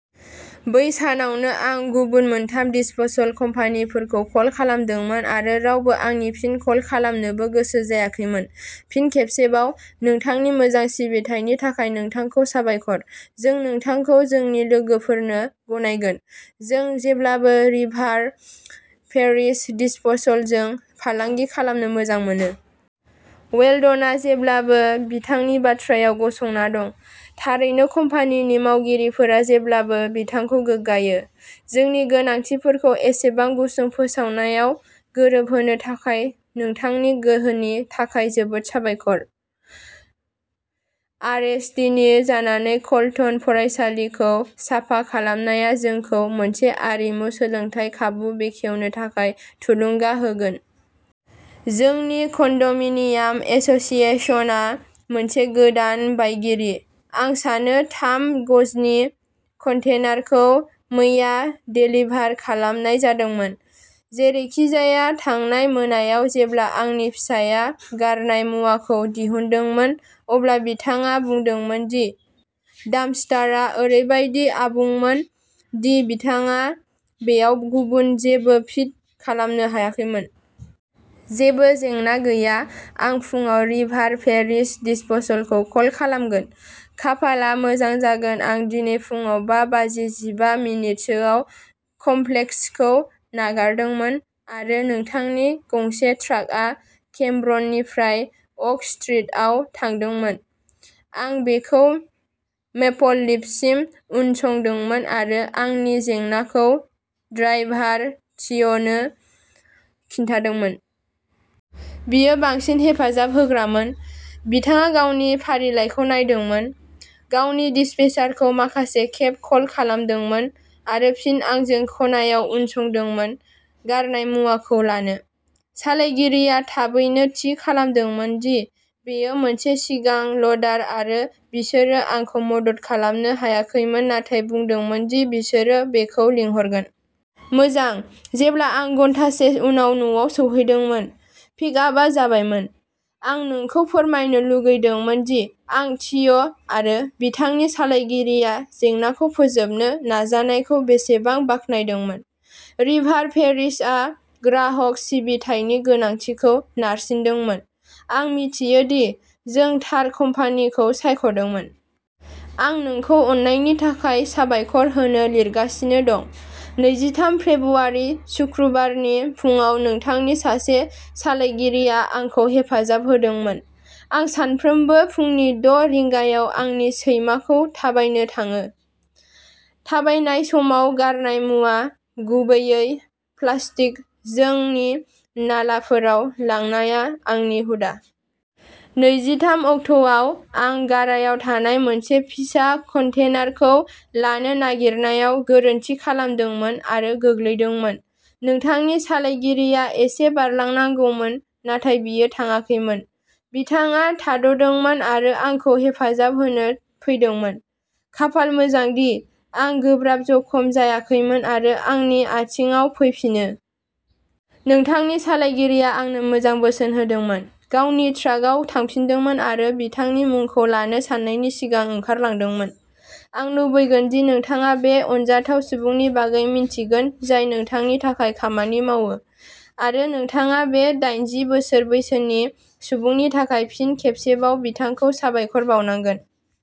बै सानावनो आं गुबुन मोनथाम दिस्प'सल कम्पानिफोरखौ कल खालामदोंमोन आरो रावबो आंखौ फिन कल खालामनोबो गोसो जायाखैमोन। फिन खेबसेबाव, नोंथांनि मोजां सिबिथायनि थाखाय नोंथांखौ साबायखर। जों नोंथांखौ जोंनि लोगोफोरनो गनायगोन। जों जेब्लाबो रिभार पेरिश दिस्प'सलजों फालांगि खालामनो मोजां मोनो। वेल्डनआ जेब्लाबो बिथांनि बाथ्रायाव गसंना दं। थारैनो कम्पानिनि मावगिरिफोरा जेब्लाबो बिथांखौ गोग्गायो। जोंनि गोनांथिफोरखौ एसेबां गुसुं फोसावनायाव गोरोबहोनो थाखाय नोंथांनि गोहोनि थाखाय जोबोद साबायखर। आरएसडिनि जानानै कल्टन फरायसालिखौ साफा खालामनाया जोंखौ मोनसे आरिमु सोलोंथाय खाबु बेखेवनो थाखाय थुलुंगा होगोन। जोंनि कन्ड'मिनियाम एस'सिएशनआ मोनसे गोदान बायगिरि। आं सानो थाम गजनि कन्टेनारखौ मैया देलिभार खालामनाय जादोंमोन। जेरैखिजाया, थांनाय मोनायाव जेब्ला आंनि फिसाया गारनाय मुवाखौ दिहुनदोंमोन, अब्ला बिथाङा बुंदोंमोन दि डाम्पस्टारआ ओरैबादि आबुंमोन दि बिथाङा बेयाव गुबुन जेबो फिट खालामनो हायाखैमोन। जेबो जेंना गैया, आं फुंआव रिभार पेरिश दिस्प'सलखौ कल खालामगोन। खाफालआ मोजां जागोन आं दिनै फुंआव बा बाजि जिबा मिनट सोआव कमप्लेक्सखौ नागारदोंमोन आरो नोंथांनि गंसे ट्राकआ केम्ब्र'ननिफ्राय अक स्ट्रिटआव थांदोंमोन। आं बेखौ मेपल लिफसिम उनसंदोंमोन आरो आंनि जेंनाखौ ड्राइभार थिय'नो खिन्थादोंमोन। बियो बांसिन हेफाजाब होग्रामोन। बिथाङा गावनि फारिलाइखौ नायदोंमोन, गावनि डिस्पेचारखौ माखासे खेब कल खालामदोंमोन आरो फिन आंजों खनायाव उनसंदोंमोन गारनाय मुवाखौ लानो। सालायगिरिया थाबैनो थि खालामदोंमोन दि बेयो मोनसे सिगां लडार आरो बिसोरो आंखौ मदद खालामनो हायाखैमोन नाथाय बुंदोंमोन दि बिसोरो बेखौ लिंहरगोन। मोजां, जेब्ला आं घन्टासे उनाव न'आव सौहैदोंमोन, पिकआपआ जाबायमोन। आं नोंखौ फोरमायनो लुगैदोंमोन दि आं थिय'आरो बिथांनि सालायगिरिया जेंनाखौ फोजोबनो नाजानायखौ बेसेबां बाख्नायदोंमोन। रिभार पेरिसआ ग्राहक सिबिथायनि गोनांथिखौ नारसिनदोंमोन। आं मिथियो दि जों थार कम्पानिखौ सायख'दोंमोन। आं नोंखौ अननायनि थाखाय साबायखर होनो लिरगासिनो दं। नैजिथाम फेब्रुआरि सुक्रुबारनि फुंआव नोंथांनि सासे सालायगिरिया आंखौ हेफाजाब होदोंमोन। आं सानफ्रोमबो फुंनि द' रिंगायाव आंनि सैमाखौ थाबायनो थाङो। थाबायनाय समाव गारनाय मुवा, गुबैयै प्लास्टिक, जोंनि नालाफोराव लांनाया आंनि हुदा। नैजिथाम अक्ट'आव, आं गारायाव थानाय मोनसे फिसा कन्टेनारखौ लानो नागिरनायाव गोरोन्थि खालामदोंमोन आरो गोग्लैदोंमोन। नोंथांनि सालायगिरिया एसे बारलांनांगौमोन, नाथाय बियो थाङाखैमोन। बिथाङा थाद'दोंमोन आरो आंखौ हेफाजाब होनो फैदोंमोन। खाफाल मोजांदि, आं गोब्राब जखम जायाखैमोन आरो आंनि आथिंआव फैफिनो। नोंथांनि सालायगिरिया आंनो मोजां बोसोन होदोंमोन, गावनि ट्राकआव थांफिनदोंमोन आरो बिथांनि मुंखौ लानो साननायनि सिगां ओंखारलांदोंमोन। आं लुबैगोन दि नोंथाङा बे अनजाथाव सुबुंनि बागै मिन्थिगोन जाय नोंथांनि थाखाय खामानि मावो, आरो नोंथाङा बे डायनजि बोसोर बैसोनि सुबुंनि थाखाय फिन खेबसेबाव बिथांखौ साबायखर बावनांगोन।